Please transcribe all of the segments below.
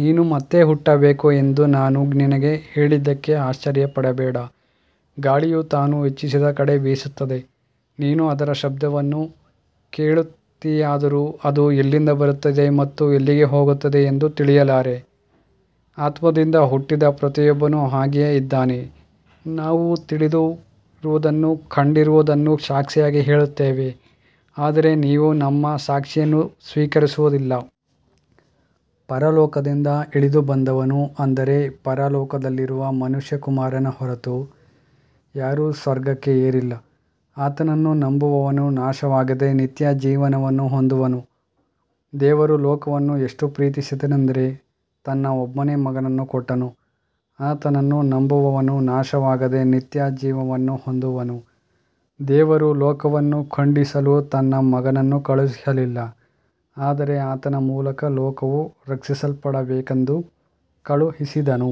ನೀನು ಮತ್ತೆ ಹುಟ್ಟಬೇಕು ಎಂದು ನಾನು ನಿನಗೆ ಹೇಳಿದ್ದಕ್ಕೆ ಆಶ್ಚರ್ಯಪಡಬೇಡ. ಗಾಳಿಯು ತಾನು ಇಚ್ಛಿಸಿದ ಕಡೆ ಬೀಸುತ್ತದೆ. ನೀನು ಅದರ ಶಬ್ದವನ್ನು ಕೇಳುತ್ತೀಯಾದರೂ ಅದು ಎಲ್ಲಿಂದ ಬರುತ್ತದೆ ಮತ್ತು ಎಲ್ಲಿಗೆ ಹೋಗುತ್ತದೆ ಎಂದು ತಿಳಿಯಲಾರೆ. ಆತ್ಮದಿಂದ ಹುಟ್ಟಿದ ಪ್ರತಿಯೊಬ್ಬನೂ ಹಾಗೆಯೇ ಇದ್ದಾನೆ. ನಾವು ತಿಳಿದಿರುವುದನ್ನೂ ಕಂಡಿರುವುದನ್ನೂ ಸಾಕ್ಷಿಯಾಗಿ ಹೇಳುತ್ತೇವೆ, ಆದರೆ ನೀವು ನಮ್ಮ ಸಾಕ್ಷಿಯನ್ನು ಸ್ವೀಕರಿಸುವುದಿಲ್ಲ. ಪರಲೋಕದಿಂದ ಇಳಿದುಬಂದವನು, ಅಂದರೆ ಪರಲೋಕದಲ್ಲಿರುವ ಮನುಷ್ಯಕುಮಾರನ ಹೊರತು ಯಾರೂ ಸ್ವರ್ಗಕ್ಕೆ ಏರಿಲ್ಲ. ಆತನನ್ನು ನಂಬುವವನು ನಾಶವಾಗದೆ ನಿತ್ಯಜೀವವನ್ನು ಹೊಂದುವನು. ದೇವರು ಲೋಕವನ್ನು ಎಷ್ಟು ಪ್ರೀತಿಸಿದನೆಂದರೆ ತನ್ನ ಒಬ್ಬನೇ ಮಗನನ್ನು ಕೊಟ್ಟನು. ಆತನನ್ನು ನಂಬುವವನು ನಾಶವಾಗದೆ ನಿತ್ಯಜೀವವನ್ನು ಹೊಂದುವನು. ದೇವರು ಲೋಕವನ್ನು ಖಂಡಿಸಲು ತನ್ನ ಮಗನನ್ನು ಕಳುಹಿಸಲಿಲ್ಲ, ಆದರೆ ಆತನ ಮೂಲಕ ಲೋಕವು ರಕ್ಷಿಸಲ್ಪಡಬೇಕೆಂದು ಕಳುಹಿಸಿದನು.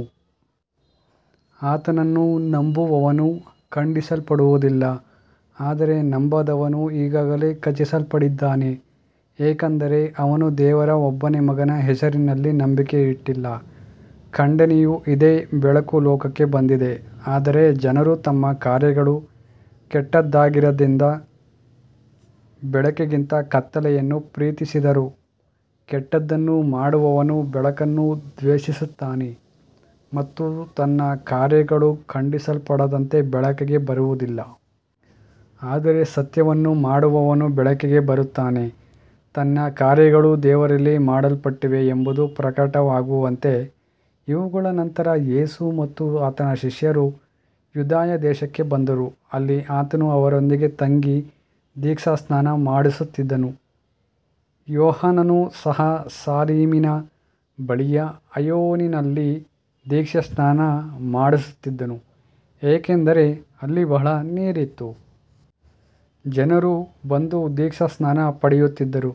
ಆತನನ್ನು ನಂಬುವವನು ಖಂಡಿಸಲ್ಪಡುವುದಿಲ್ಲ, ಆದರೆ ನಂಬದವನು ಈಗಾಗಲೇ ಖಂಡಿಸಲ್ಪಟ್ಟಿದ್ದಾನೆ, ಏಕೆಂದರೆ ಅವನು ದೇವರ ಒಬ್ಬನೇ ಮಗನ ಹೆಸರಿನಲ್ಲಿ ನಂಬಿಕೆ ಇಟ್ಟಿಲ್ಲ. ಖಂಡನೆಯು ಇದೇ, ಬೆಳಕು ಲೋಕಕ್ಕೆ ಬಂದಿದೆ, ಆದರೆ ಜನರು ತಮ್ಮ ಕಾರ್ಯಗಳು ಕೆಟ್ಟದ್ದಾಗಿದ್ದರಿಂದ ಬೆಳಕಿಗಿಂತ ಕತ್ತಲೆಯನ್ನು ಪ್ರೀತಿಸಿದರು. ಕೆಟ್ಟದ್ದನ್ನು ಮಾಡುವವನು ಬೆಳಕನ್ನು ದ್ವೇಷಿಸುತ್ತಾನೆ ಮತ್ತು ತನ್ನ ಕಾರ್ಯಗಳು ಖಂಡಿಸಲ್ಪಡದಂತೆ ಬೆಳಕಿಗೆ ಬರುವುದಿಲ್ಲ. ಆದರೆ ಸತ್ಯವನ್ನು ಮಾಡುವವನು ಬೆಳಕಿಗೆ ಬರುತ್ತಾನೆ, ತನ್ನ ಕಾರ್ಯಗಳು ದೇವರಲ್ಲಿ ಮಾಡಲ್ಪಟ್ಟಿವೆ ಎಂಬುದು ಪ್ರಕಟವಾಗುವಂತೆ. ಇವುಗಳ ನಂತರ ಯೇಸು ಮತ್ತು ಆತನ ಶಿಷ್ಯರು ಯೂದಾಯ ದೇಶಕ್ಕೆ ಬಂದರು. ಅಲ್ಲಿ ಆತನು ಅವರೊಂದಿಗೆ ತಂಗಿ ದೀಕ್ಷಾಸ್ನಾನ ಮಾಡಿಸುತ್ತಿದ್ದನು. ಯೋಹಾನನು ಸಹ ಸಾಲೀಮಿನ ಬಳಿಯ ಐನೋನಿನಲ್ಲಿ ದೀಕ್ಷಾಸ್ನಾನ ಮಾಡಿಸುತ್ತಿದ್ದನು, ಏಕೆಂದರೆ ಅಲ್ಲಿ ಬಹಳ ನೀರಿತ್ತು. ಜನರು ಬಂದು ದೀಕ್ಷಾಸ್ನಾನ ಪಡೆಯುತ್ತಿದ್ದರು.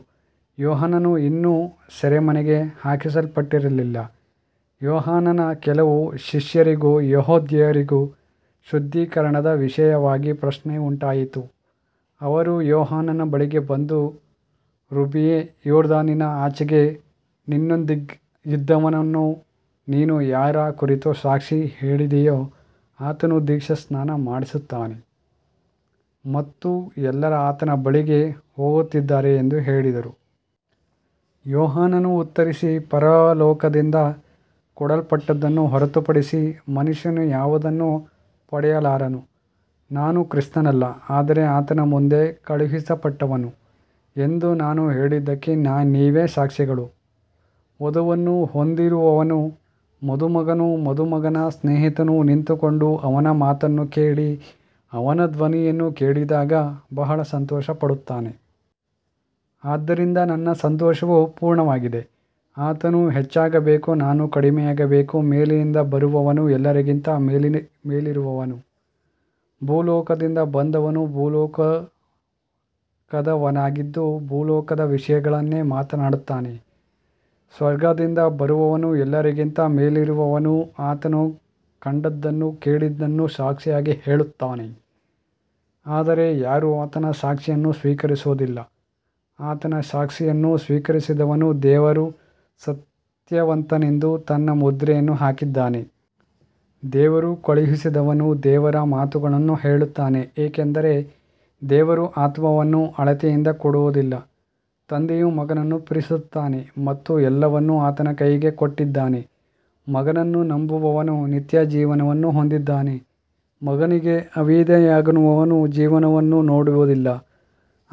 ಯೋಹಾನನು ಇನ್ನೂ ಸೆರೆಮನೆಗೆ ಹಾಕಲ್ಪಟ್ಟಿರಲಿಲ್ಲ. ಯೋಹಾನನ ಕೆಲವು ಶಿಷ್ಯರಿಗೂ ಯೆಹೂದ್ಯರಿಗೂ ಶುದ್ಧೀಕರಣದ ವಿಷಯವಾಗಿ ಪ್ರಶ್ನೆ ಉಂಟಾಯಿತು. ಅವರು ಯೋಹಾನನ ಬಳಿಗೆ ಬಂದು, ರಬ್ಬಿಯೇ, ಯೊರ್ದಾನಿನ ಆಚೆಗೆ ನಿನ್ನೊಂದಿಗಿದ್ದವನು, ನೀನು ಯಾರ ಕುರಿತು ಸಾಕ್ಷಿ ಹೇಳಿದೆಯೋ ಆತನು ದೀಕ್ಷಾಸ್ನಾನ ಮಾಡಿಸುತ್ತಿದ್ದಾನೆ ಮತ್ತು ಎಲ್ಲರೂ ಆತನ ಬಳಿಗೆ ಹೋಗುತ್ತಿದ್ದಾರೆ ಎಂದು ಹೇಳಿದರು. ಯೋಹಾನನು ಉತ್ತರಿಸಿ, ಪರಲೋಕದಿಂದ ಕೊಡಲ್ಪಟ್ಟದ್ದನ್ನು ಹೊರತುಪಡಿಸಿ ಮನುಷ್ಯನು ಯಾವುದನ್ನೂ ಪಡೆಯಲಾರನು. ನಾನು ಕ್ರಿಸ್ತನಲ್ಲ, ಆದರೆ ಆತನ ಮುಂದೆ ಕಳುಹಿಸಲ್ಪಟ್ಟವನು ಎಂದು ನಾನು ಹೇಳಿದ್ದಕ್ಕೆ ನೀವೇ ಸಾಕ್ಷಿಗಳು. ವಧುವನ್ನು ಹೊಂದಿರುವವನು ಮದುಮಗನು. ಮದುಮಗನ ಸ್ನೇಹಿತನು ನಿಂತುಕೊಂಡು ಅವನ ಮಾತನ್ನು ಕೇಳಿ ಅವನ ಧ್ವನಿಯನ್ನು ಕೇಳಿದಾಗ ಬಹಳ ಸಂತೋಷಪಡುತ್ತಾನೆ. ಆದ್ದರಿಂದ ನನ್ನ ಸಂತೋಷವು ಪೂರ್ಣವಾಗಿದೆ. ಆತನು ಹೆಚ್ಚಾಗಬೇಕು, ನಾನು ಕಡಿಮೆಯಾಗಬೇಕು. ಮೇಲಿನಿಂದ ಬರುವವನು ಎಲ್ಲರಿಗಿಂತ ಮೇಲಿರುವವನು. ಭೂಲೋಕದಿಂದ ಬಂದವನು ಭೂಲೋಕದವನಾಗಿದ್ದು ಭೂಲೋಕದ ವಿಷಯಗಳನ್ನೇ ಮಾತನಾಡುತ್ತಾನೆ. ಸ್ವರ್ಗದಿಂದ ಬರುವವನು ಎಲ್ಲರಿಗಿಂತ ಮೇಲಿರುವವನು. ಆತನು ಕಂಡದ್ದನ್ನೂ ಕೇಳಿದ್ದನ್ನೂ ಸಾಕ್ಷಿಯಾಗಿ ಹೇಳುತ್ತಾನೆ, ಆದರೆ ಯಾರೂ ಆತನ ಸಾಕ್ಷಿಯನ್ನು ಸ್ವೀಕರಿಸುವುದಿಲ್ಲ. ಆತನ ಸಾಕ್ಷಿಯನ್ನು ಸ್ವೀಕರಿಸಿದವನು ದೇವರು ಸತ್ಯವಂತನೆಂದು ತನ್ನ ಮುದ್ರೆಯನ್ನು ಹಾಕಿದ್ದಾನೆ. ದೇವರು ಕಳುಹಿಸಿದವನು ದೇವರ ಮಾತುಗಳನ್ನು ಹೇಳುತ್ತಾನೆ, ಏಕೆಂದರೆ ದೇವರು ಆತ್ಮವನ್ನು ಅಳತೆಯಿಂದ ಕೊಡುವುದಿಲ್ಲ. ತಂದೆಯು ಮಗನನ್ನು ಪ್ರೀತಿಸುತ್ತಾನೆ ಮತ್ತು ಎಲ್ಲವನ್ನೂ ಆತನ ಕೈಗೆ ಕೊಟ್ಟಿದ್ದಾನೆ. ಮಗನನ್ನು ನಂಬುವವನು ನಿತ್ಯಜೀವವನ್ನು ಹೊಂದಿದ್ದಾನೆ. ಮಗನಿಗೆ ಅವಿಧೇಯನಾಗುವವನು ಜೀವನವನ್ನು ನೋಡುವುದಿಲ್ಲ,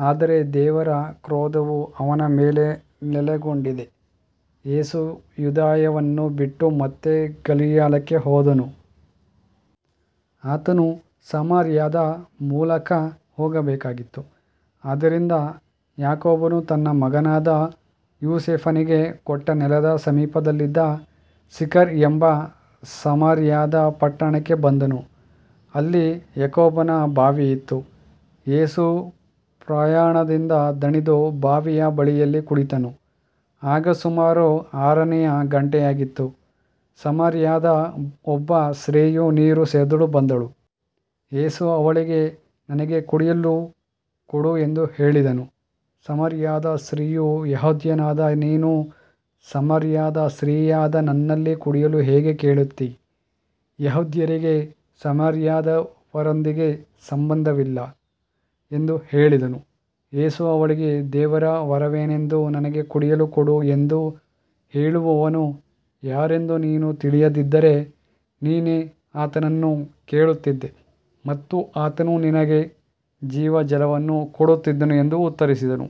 ಆದರೆ ದೇವರ ಕ್ರೋಧವು ಅವನ ಮೇಲೆ ನೆಲೆಗೊಂಡಿದೆ. ಯೇಸು ಯೂದಾಯವನ್ನು ಬಿಟ್ಟು ಮತ್ತೆ ಗಲಿಲಾಯಕ್ಕೆ ಹೋದನು. ಆತನು ಸಮಾರ್ಯದ ಮೂಲಕ ಹೋಗಬೇಕಾಗಿತ್ತು. ಆದ್ದರಿಂದ ಯಾಕೋಬನು ತನ್ನ ಮಗನಾದ ಯೋಸೇಫನಿಗೆ ಕೊಟ್ಟ ನೆಲದ ಸಮೀಪದಲ್ಲಿದ್ದ ಸಿಖರ್ ಎಂಬ ಸಮಾರ್ಯದ ಪಟ್ಟಣಕ್ಕೆ ಬಂದನು. ಅಲ್ಲಿ ಯಾಕೋಬನ ಬಾವಿ ಇತ್ತು. ಯೇಸು ಪ್ರಯಾಣದಿಂದ ದಣಿದು ಬಾವಿಯ ಬಳಿಯಲ್ಲಿ ಕುಳಿತನು. ಆಗ ಸುಮಾರು ಆರನೆಯ ಗಂಟೆಯಾಗಿತ್ತು. ಸಮಾರ್ಯದ ಒಬ್ಬ ಸ್ತ್ರೀಯು ನೀರು ಸೇದಲು ಬಂದಳು. ಯೇಸು ಅವಳಿಗೆ, ನನಗೆ ಕುಡಿಯಲು ಕೊಡು ಎಂದು ಹೇಳಿದನು. ಸಮಾರ್ಯದ ಸ್ತ್ರೀಯು, ಯೆಹೂದ್ಯನಾದ ನೀನು ಸಮಾರ್ಯದ ಸ್ತ್ರೀಯಾದ ನನ್ನಲ್ಲಿ ಕುಡಿಯಲು ಹೇಗೆ ಕೇಳುತ್ತೀ. ಯೆಹೂದ್ಯರಿಗೆ ಸಮಾರ್ಯದವರೊಂದಿಗೆ ಸಂಬಂಧವಿಲ್ಲವಲ್ಲ ಎಂದು ಹೇಳಿದಳು. ಯೇಸು ಅವಳಿಗೆ, ದೇವರ ವರವೇನೆಂದೂ ನನಗೆ ಕುಡಿಯಲು ಕೊಡು ಎಂದು ಹೇಳುವವನು ಯಾರೆಂದೂ ನೀನು ತಿಳಿದಿದ್ದರೆ, ನೀನೇ ಆತನನ್ನು ಕೇಳುತ್ತಿದ್ದೆ ಮತ್ತು ಆತನು ನಿನಗೆ ಜೀವಜಲವನ್ನು ಕೊಡುತ್ತಿದ್ದನು ಎಂದು ಉತ್ತರಿಸಿದನು.